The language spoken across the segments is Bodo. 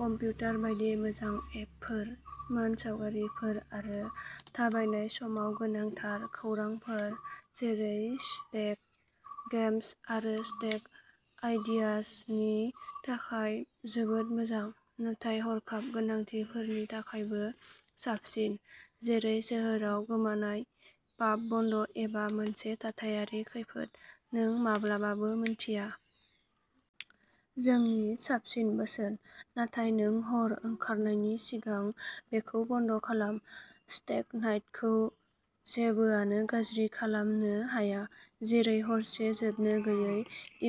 कम्पिटार बायदि मोजां एपफोर, मानसावगारिफोर आरो थाबायनाय समाव गोनांथार खौरांफोर जेरै स्टेग गेम्स आरो स्टेग आइडियाजनि थाखाय जोबोद मोजां। नाथाय हरखाब गोनांथिफोरनि थाखायबो साबसिन, जेरै सोहोराव गोमानाय, पाब बन्द एबा मोनसे थाथायारि खैफोद नों माब्लाबाबो मिन्थिया। जोंनि साबसिन बोसोन, नाथाय नों हर ओंखारनायनि सिगां बेखौ बन्द खालाम। स्टेग नाइटखौ जेबोआनो गाज्रि खालामनो हाया जेरै हरसे जोबनो गैयै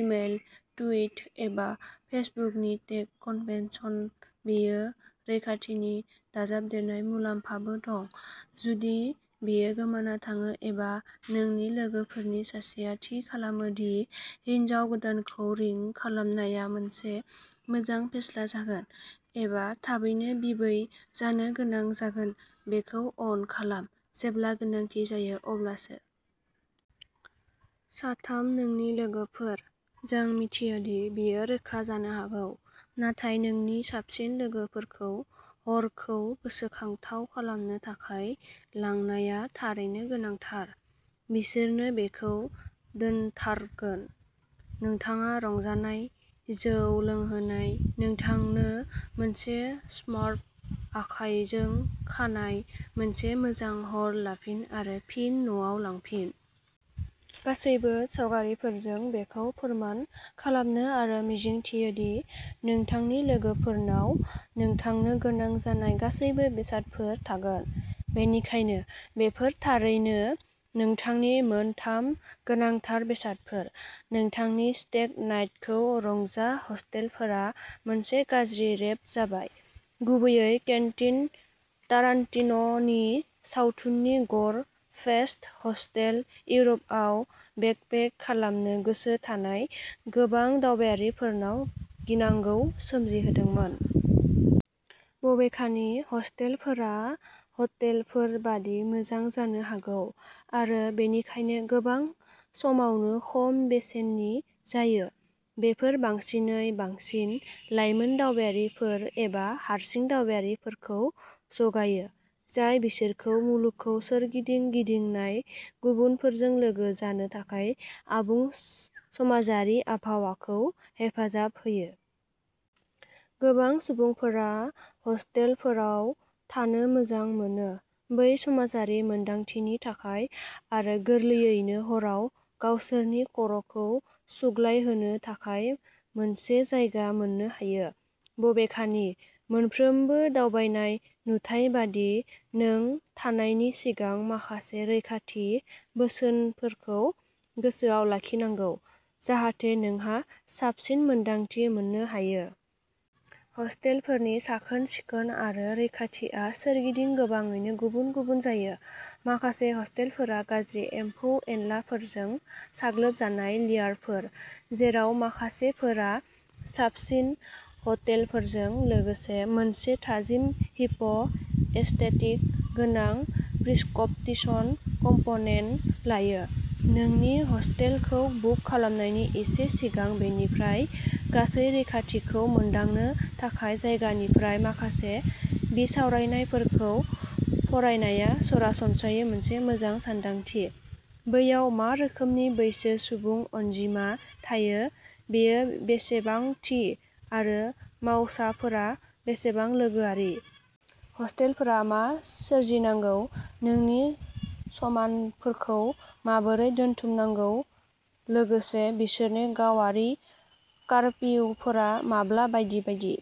इमेल, टुइट एबा फेसबुकनि टेक कनभेनसन बेयो रैखाथिनि दाजाबदेरनाय मुलाम्फाबो दं, जुदि बेयो गोमाना थाङो एबा नोंनि लोगोफोरनि सासेया थि खालामो दि हिनजाव गोदानखौ रिं खालामनाया मोनसे मोजां फेस्ला जागोन, एबा थाबैनो बिबै जानो गोनां जागोन बेखौ अन खालाम, जेब्ला गोनांथि जायो अब्लासो। साथाम नोंनि लोगोफोर। जों मिथियो दि बेयो रोखा जानो हागौ, नाथाय नोंनि साबसिन लोगोफोरखौ हरखौ गोसोखांथाव खालामनो थाखाय लांनाया थारैनो गोनांथार। बिसोरनो बेखौ दोनथारगोन। नोंथाङा रंजानाय, जौ लोंहोनाय, नोंथांनो मोनसे स्मार्फ आखायजों खानाय, मोनसे मोजां हर लाफिन आरो फिन न'आव लांफिन। गासैबो सावगारिफोरजों बेखौ फोरमान खालामनो आरो मिजिंथियो दि नोंथांनि लोगोफोरनाव नोंथांनो गोनां जानाय गासैबो बेसादफोर थागोन। बेनिखायनो, बेफोर थारैनो नोंथांनि मोन थाम गोनांथार बेसादफोर, नोंथांनि स्टेग नाइटखौ रंजा हस्टेलफोरा मोनसे गाज्रि रेप जाबाय, गुबैयै केन्टिन टारान्टिन'नि सावथुननि गर फेस्ट, हस्टेल, इउर'पआव बेकपेक खालामनो गोसो थानाय गोबां दावबायारिफोरनाव गिनांगौ सोमजिहोदोंमोन। बबेखानि, हस्टेलफोरा ह'टेलफोर बायदि मोजां जानो हागौ आरो बेनिखायनो गोबां समावनो खम बेसेननि जायो। बेफोर बांसिनै बांसिन लाइमोन दावबायारिफोर एबा हारसिं दावबायारिफोरखौ जगायो, जाय बिसोरखौ मुलुगखौ सोरगिदिं गिदिंनाय गुबुनफोरजों लोगो जानो थाखाय आबुं समाजारि आबहावाखौ हेफाजाब होयो। गोबां सुबुंफोरा हस्टेलफोराव थानो मोजां मोनो बै समाजारि मोनदांथिनि थाखाय आरो गोरलैयैनो हराव गावसोरनि खर'खौ सुग्लायहोनो थाखाय मोनसे जायगा मोननो हायो। बबेखानि, मोनफ्रोमबो दावबायनाय नुथाय बायदि, नों थानायनि सिगां माखासे रैखाथि बोसोनफोरखौ गोसोआव लाखिनांगौ, जाहाथे नोंहा साबसिन मोनदांथि मोननो हायो। हस्टेलफोरनि साखोन-सिखोन आरो रैखाथिआ सोरगिदिं गोबाङैनो गुबुन गुबुन जायो। माखासे हस्टेलफोरा गाज्रि एमफौ एनलाफोरजों साग्लोबजानाय लेयारफोर, जेराव माखासेफोरा साबसिन हटेलफोरजों लोगोसे मोनसे थाजिम हिप एस्थेटिक गोनां प्रिस्कपटिसन कम्प'नेन लायो। नोंनि हस्टेलखौ बुक खालामनायनि एसे सिगां, बेनिफ्राय गासै रैखाथिखौ मोनदांनो थाखाय जायगानिफ्राय माखासे बिसावरायनायफोरखौ फरायनाया सरासनस्रायै मोनसे मोजां सानदांथि, बैयाव मा रोखोमनि बैसो सुबुं अनजिमा थायो, बेयो बेसेबां थि, आरो मावसाफोरा बेसेबां लोगोआरि। हस्टेलफोरा मा सोरजिनांगौ, नोंनि समानफोरखौ माबोरै दोनथुमनांगौ, लोगोसे बिसोरनि गावारि कारफिउफोरा माब्ला बायदि बायदि।